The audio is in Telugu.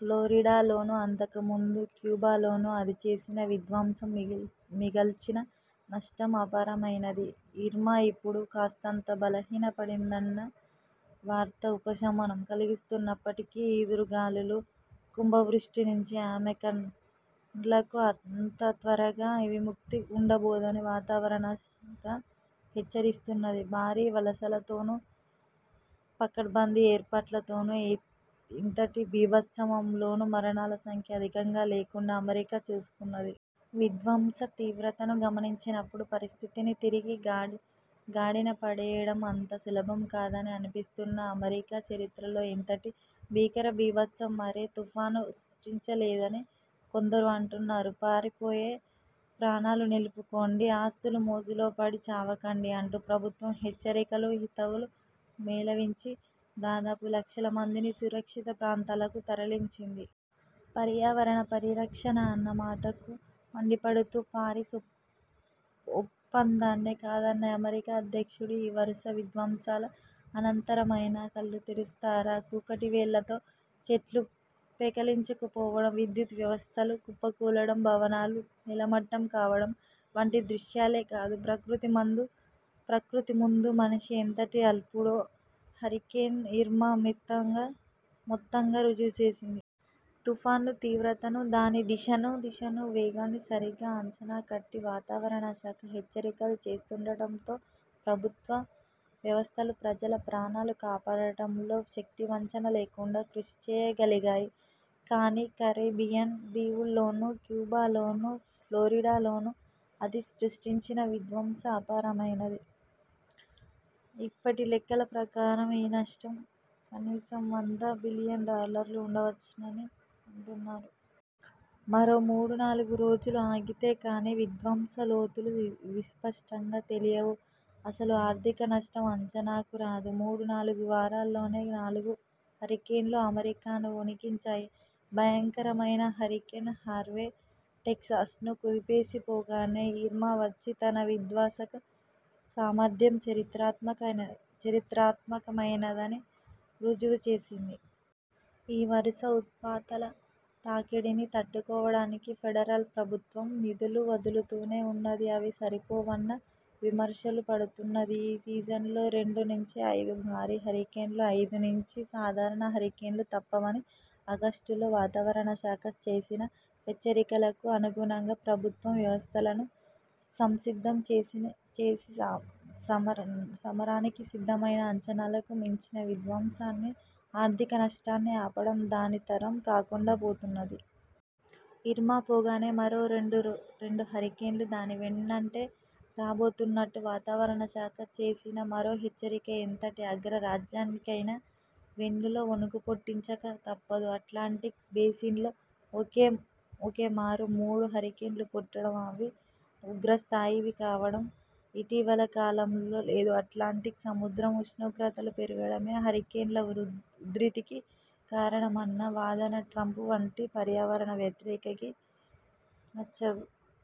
ఫ్లోరిడాలోనూ, అంతకుముందు క్యూబాలోనూ అది చేసిన విధ్వంసం, మిగల్చిన నష్టం అపారమైనది. ఇర్మా ఇప్పుడు కాస్తంత బలహీనపడిందన్న వార్త ఉపశమనం కలిగిస్తున్నప్పటికీ, ఈదురు గాలులూ, కుంభవృష్టినుంచి అమెరికన్లకు అంత త్వరగా విముక్తి ఉండబోదని వాతావరణశాఖ హెచ్చరిస్తున్నది. భారీవలసలతోనూ, పకడ్బందీ ఏర్పాట్లతోనూ ఇంతటి బీభత్సంలోనూ మరణాల సంఖ్య అధికంగా లేకుండా అమెరికా చూసుకున్నది. విధ్వంసం తీవ్రతను గమనించినప్పుడు పరిస్థితిని తిరిగి గాడిన పడవేయడం అంత సులభం కాదని అనిపిస్తున్నది. అమెరికా చరిత్రలో ఇంతటి భీకరబీభత్సం మరే తుఫానూ సృష్టించలేదని కొందరు అంటున్నారు. పారిపోయి ప్రాణాలు నిలుపుకోండి, ఆస్తుల మోజులో పడి చావకండి అంటూ ప్రభుత్వం హెచ్చరికలు, హితవులు మేళవించి దాదాపు లక్షల మందిని సురక్షిత ప్రాంతాలకు తరలించింది. పర్యావరణ పరిరక్షణ అన్న మాటకు మండిపడుతూ, పారిస్ ఒప్పందాన్నే కాదన్న అమెరికా అధ్యక్షుడు ఈ వరుస విధ్వంసాల అనంతరమైనా కళ్ళు తెరుస్తారా? కూకటివేళ్ళతో చెట్లు పెకిలించుకుపోవడం, విద్యుత్ వ్యవస్థలు కుప్పకూలడం, భవనాలు నేలమట్టం కావడం వంటి దృశ్యాలే కాదు, ప్రకృతి ముందు మనిషి ఎంతటి అల్పుడో హరికేన్ ఇర్మా మొత్తంగా రుజువుచేసింది. తుపాను తీవ్రతను, దాని దశనూ దిశనూ వేగాన్నీ సరిగా అంచనాకట్టి వాతావరణశాఖ హెచ్చరికలు చేస్తుండటంతో ప్రభుత్వ వ్యవస్థలు ప్రజల ప్రాణాలు కాపాడటంలో శక్తివంచన లేకుండా కృషిచేయగలిగాయి. కానీ, కరేబియన్ దీవుల్లోనూ, క్యూబాలోనూ, ఫ్లోరిడాలోనూ అది సృష్టించిన విధ్వంసం అపారమైనది. ఇప్పటి లెక్కల ప్రకారం ఈ నష్టం కనీసం వంద బిలియన్ డాలర్లు ఉండవచ్చునని అంటున్నారు. మరో మూడునాలుగు రోజులు ఆగితే కానీ విధ్వంసం లోతులు విస్పష్టంగా తెలియవు, అసలు ఆర్థిక నష్టం అంచనాకు రాదు. మూడునాలుగు వారాల్లోనే నాలుగు హరికేన్లు అమెరికాను వొణికించాయి. భయంకరమైన హరికేన్ హార్వే టెక్సాస్ను కుదిపేసి పోగానే ఇర్మా వచ్చి తన విధ్వసక సామర్థ్యం చరిత్రాత్మకమైనదని రుజువుచేసింది. ఈ వరుస ఉత్పాతాల తాకిడిని తట్టుకోవడానికి ఫెడరల్ ప్రభుత్వం నిధులు వదులుతూనే ఉన్నది. అవి సరిపోవన్న విమర్శలూ పడుతున్నది. ఈ సీజన్లో రెండు నుంచి ఐదు భారీ హరికేన్లు, ఐదునుంచి సాధారణ హరికేన్లు తప్పవని ఆగస్టులో వాతావరణశాఖ చేసిన హెచ్చరికలకు అనుగుణంగా ప్రభుత్వం వ్యవస్థలను సంసిద్ధం చేసి సమరానికి సిద్ధమైనా, అంచనాలకు మించిన విధ్వంసాన్నీ, ఆర్థికనష్టాన్నీ ఆపడం దాని తరం కాకుండాపోతున్నది. ఇర్మా పోగానే మరో రెండు హరికేన్లు దానివెన్నంటే రాబోతున్నట్టు వాతావరణశాఖ చేసిన మరో హెచ్చరిక ఎంతటి అగ్రరాజ్యానికైనా వెన్నులో వొణుకుపుట్టించక తప్పదు. అట్లాంటిక్ బేసిన్లో ఒకేమారు మూడు హరికేన్లు పుట్టడం, అవి ఉగ్రస్థాయివి కావడం ఇటీవలి కాలంలో లేదు. అట్లాంటిక్ సముద్రం ఉష్ణోగ్రతలు పెరగడమే హరికేన్ల ఉధృతికి కారణమన్న వాదన ట్రంప్ వంటి పర్యావరణ వ్యతిరేకికి నచ్చదు.